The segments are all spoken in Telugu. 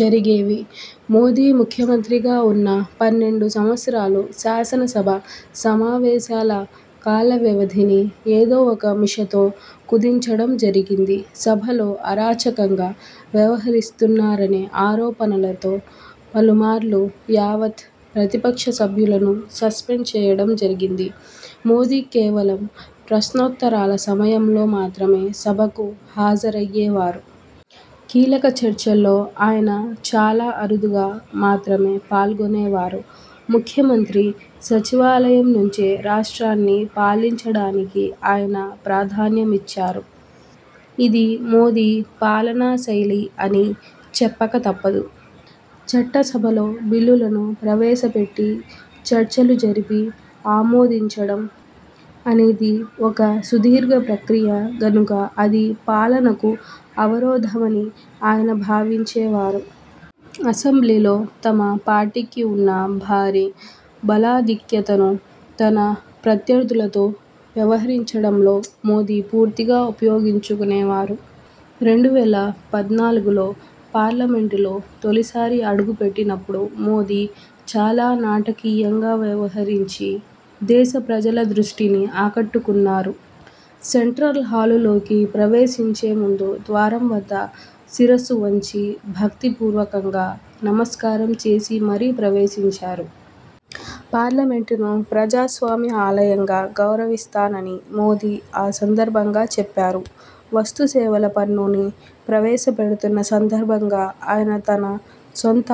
జరిగేవి. మోదీ ముఖ్యమంత్రిగా ఉన్న పన్నెండు సంవత్సరాలూ శాసనసభా సమావేశాల కాలవ్యవధిని ఏదో ఒక మిషతో కుదించడం జరిగింది. సభలో అరాచకంగా వ్యవహరిస్తున్నారనే ఆరోపణతో పలుమార్లు యావత్ ప్రతిపక్ష సభ్యులను సస్పెండ్ చేయడం జరిగింది. మోదీ కేవలం ప్రశ్నోత్తర సమయం లో మాత్రమే సభకు హాజరయ్యేవారు. కీలక చర్చల్లో ఆయన చాలా అరుదుగా మాత్రమే పాల్గొనేవారు. ముఖ్యమంత్రి సచివాలయం నుంచే రాష్ట్రాన్ని పాలించడానికి ఆయన ప్రాధాన్యమిచ్చారు. ఇది మోదీ పాలనా శైలి అని చెప్పక తప్పదు. చట్టసభలో బిల్లులను ప్రవేశపెట్టి చర్చలు జరిపి ఆమోదించడం అనేది ఒక సుదీర్ఘ ప్రక్రియ గనుక అది పాలనకు అవరోధమని ఆయన భావించేవారు. అసెంబ్లీలో తమ పార్టీకి ఉన్న భారీ బలాధిక్యతను తన ప్రత్యర్థులతో వ్యవహరించడంలో మోదీ పూర్తిగా ఉపయోగించుకొనేవారు. రెండు వేల పద్నాలుగులో పార్లమెంటులో తొలిసారి అడుగుపెట్టినప్పుడు మోదీ చాలా నాటకీయంగా వ్యవహరించి దేశప్రజల దృష్టిని ఆకట్టుకున్నారు. సెంట్రల్ హాలులోకి ప్రవేశించేముందు ద్వారం వద్ద శిరస్సు వంచి భక్తి పూర్వకంగా నమస్కారం చేసి మరీ ప్రవేశించారు. పార్లమెంటును ప్రజాస్వామ్య ఆలయంగా గౌరవిస్తానని మోదీ ఆ సందర్భంగా చెప్పారు. వస్తుసేవల పన్ను ని ప్రవేశపెడుతున్న సందర్భంగా ఆయన తన సొంత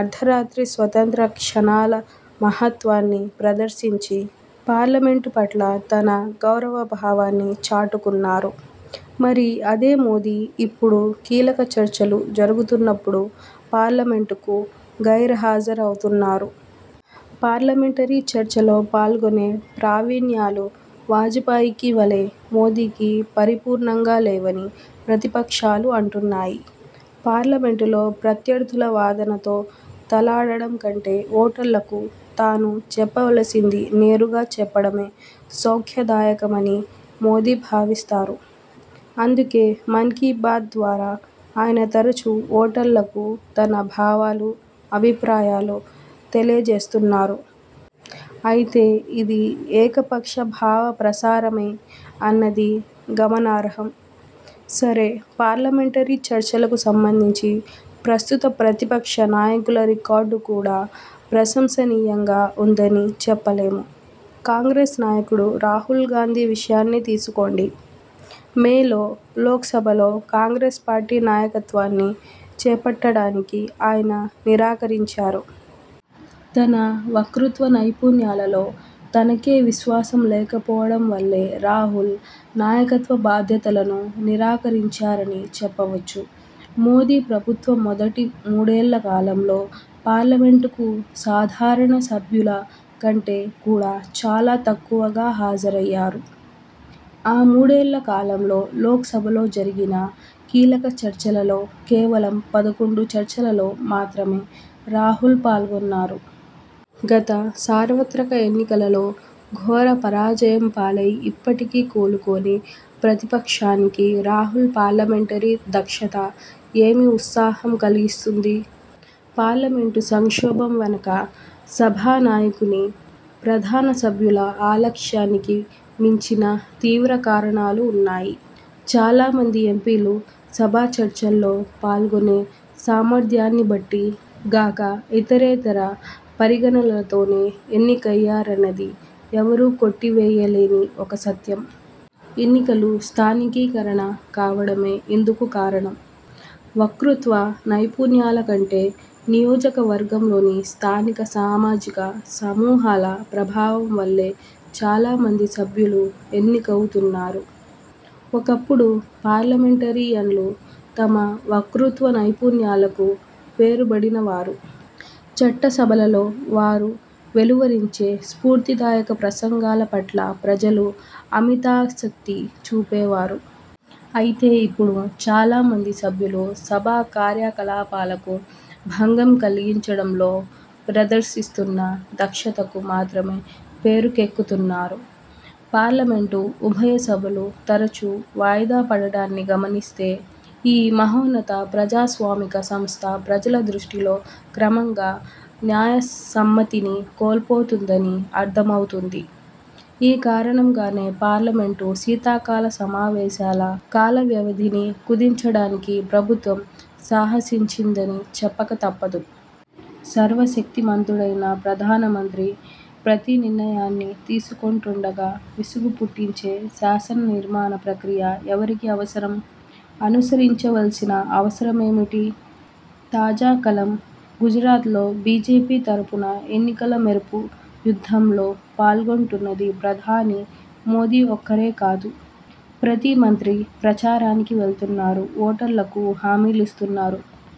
అర్థరాత్రి స్వాతంత్ర్య క్షణాల మహత్వాన్ని ప్రదర్శించి పార్లమెంటు పట్ల తన గౌరవ భావాన్ని చాటుకున్నారు. మరి అదే మోదీ ఇప్పుడు కీలక చర్చలు జరుగుతున్నప్పుడు పార్లమెంటుకు గైర్హాజరవుతున్నారు! పార్లమెంటరీ చర్చల్లో పాల్గొనే ప్రావీణ్యాలు వాజపేయికి వలే మోదీకి పరిపూర్ణంగా లేవని ప్రతిపక్షాలు అంటున్నాయి. పార్లమెంటులో ప్రత్యర్థుల వాదనతో తలడడం కంటే ఓటర్లకు తాను చెప్పవలసింది నేరుగా చెప్పడమే సౌఖ్యదాయకమని మోదీ భావిస్తారు. అందుకే మన్ కి బాత్ ద్వారా ఆయన తరచూ ఓటర్లకు తన భావాలు అభిప్రాయాలు తెలియజేస్తున్నారు. అయితే ఇది ఏకపక్ష భావ ప్రసారమే అన్నది గమనార్హం. సరే, పార్లమెంటరీ చర్చలకు సంబంధించి ప్రస్తుత ప్రతిపక్ష నాయకుల రికార్డు కూడా ప్రశంసనీయంగా ఉందని చెప్పలేము. కాంగ్రెస్ నాయకుడు రాహుల్ గాంధీ విషయాన్నే తీసుకోండి. మేలో లోక్సభలో కాంగ్రెస్ పార్టీ నాయకత్వాన్ని చేపట్టడానికి ఆయన నిరాకరించారు. తన వక్తృత్వ నైపుణ్యాలలో తనకే విశ్వాసం లేకపోవడం వల్లే రాహుల్ నాయకత్వ బాధ్యతలను నిరాకరించారని చెప్పవచ్చు. మోదీ ప్రభుత్వ మొదటి మూడేళ్ళ కాలంలో పార్లమెంటుకు సాధారణ సభ్యుల కంటే కూడా చాలా తక్కువగా హాజరయ్యారు. ఆ మూడేళ్ళ కాలంలో లోక్సభలో జరిగిన కీలకచర్చలలో కేవలం పదకొండు చర్చలలో మాత్రమే రాహుల్ పాల్గొన్నారు. గత సార్వత్రక ఎన్నికలలో ఘోర పరాజయం పాలై ఇప్పటికీ కోలుకోని ప్రతిపక్షానికి రాహుల్ పార్లమెంటరీ దక్షత ఏమి ఉత్సాహం కల్గిస్తుంది? పార్లమెంటు సంక్షోభం వెనుక సభా నాయకుని, ప్రధాన సభ్యుల అలక్ష్యానికి మించిన తీవ్ర కారణాలు వున్నాయి. చాలామంది ఎంపీలు సభాచర్చల్లో పాల్గొనే సామర్థ్యాన్ని బట్టి గాక ఇతరేతర పరిగణనలతోనే ఎన్నికయ్యారన్నది ఎవరూ కొట్టివేయలేని ఒక సత్యం. ఎన్నికలు స్థానీకీకరణ కావడమే ఇందుకు కారణం. వక్తృత్వ నైపుణ్యాల కంటే నియోజకవర్గంలోని స్థానిక సామాజిక సమూహాల ప్రభావం వల్లే చాలా మంది సభ్యులు ఎన్నికవుతున్నారు. ఒకప్పుడు పార్లమెంటేరియన్లు తమ వక్తృత్వ నైపుణ్యాలకు పేరుబడిన వారు. చట్టసభలలో వారు వెలువరించే స్ఫూర్తిదాయక ప్రసంగాల పట్ల ప్రజలు అమితాసక్తి చూపేవారు. అయితే ఇప్పుడు చాలా మంది సభ్యులు సభా కార్యకలాపాలకు భంగం కల్గించడంలో ప్రదర్శిస్తున్న దక్షతకు మాత్రమే పేరుకెక్కుతున్నారు. పార్లమెంటు ఉభయ సభలు తరచూ వాయిదా పడడాన్ని గమనిస్తే ఈ మహోన్నత ప్రజాస్వామిక సంస్థ ప్రజల దృష్టిలో క్రమంగా న్యాయసమ్మతిని కోల్పోతుందని అర్థమవుతుంది. ఈ కారణంగానే పార్లమెంటు శీతాకాల సమావేశాల కాలవ్యవధిని కుదించడానికి ప్రభుత్వం సాహసించిందని చెప్పక తప్పదు. సర్వశక్తిమంతుడైన ప్రధానమంత్రి ప్రతి నిర్ణయాన్ని తీసుకొంటుండగా విసుగు పుట్టించే శానసనిర్మాణ ప్రక్రియ ఎవరికి అవసరం? అనుసరించవల్సిన అవసరమేమిటి? తాజా కలం గుజరాత్లో బీజేపీ తరపున ఎన్నికల మెరుపు యుద్ధంలో పాల్గొంటున్నది ప్రధాని మోదీ ఒక్కరే కాదు. ప్రతి మంత్రీ ప్రచారానికి వెళుతున్నారు. ఓటర్లకు హామీలిస్తున్నారు.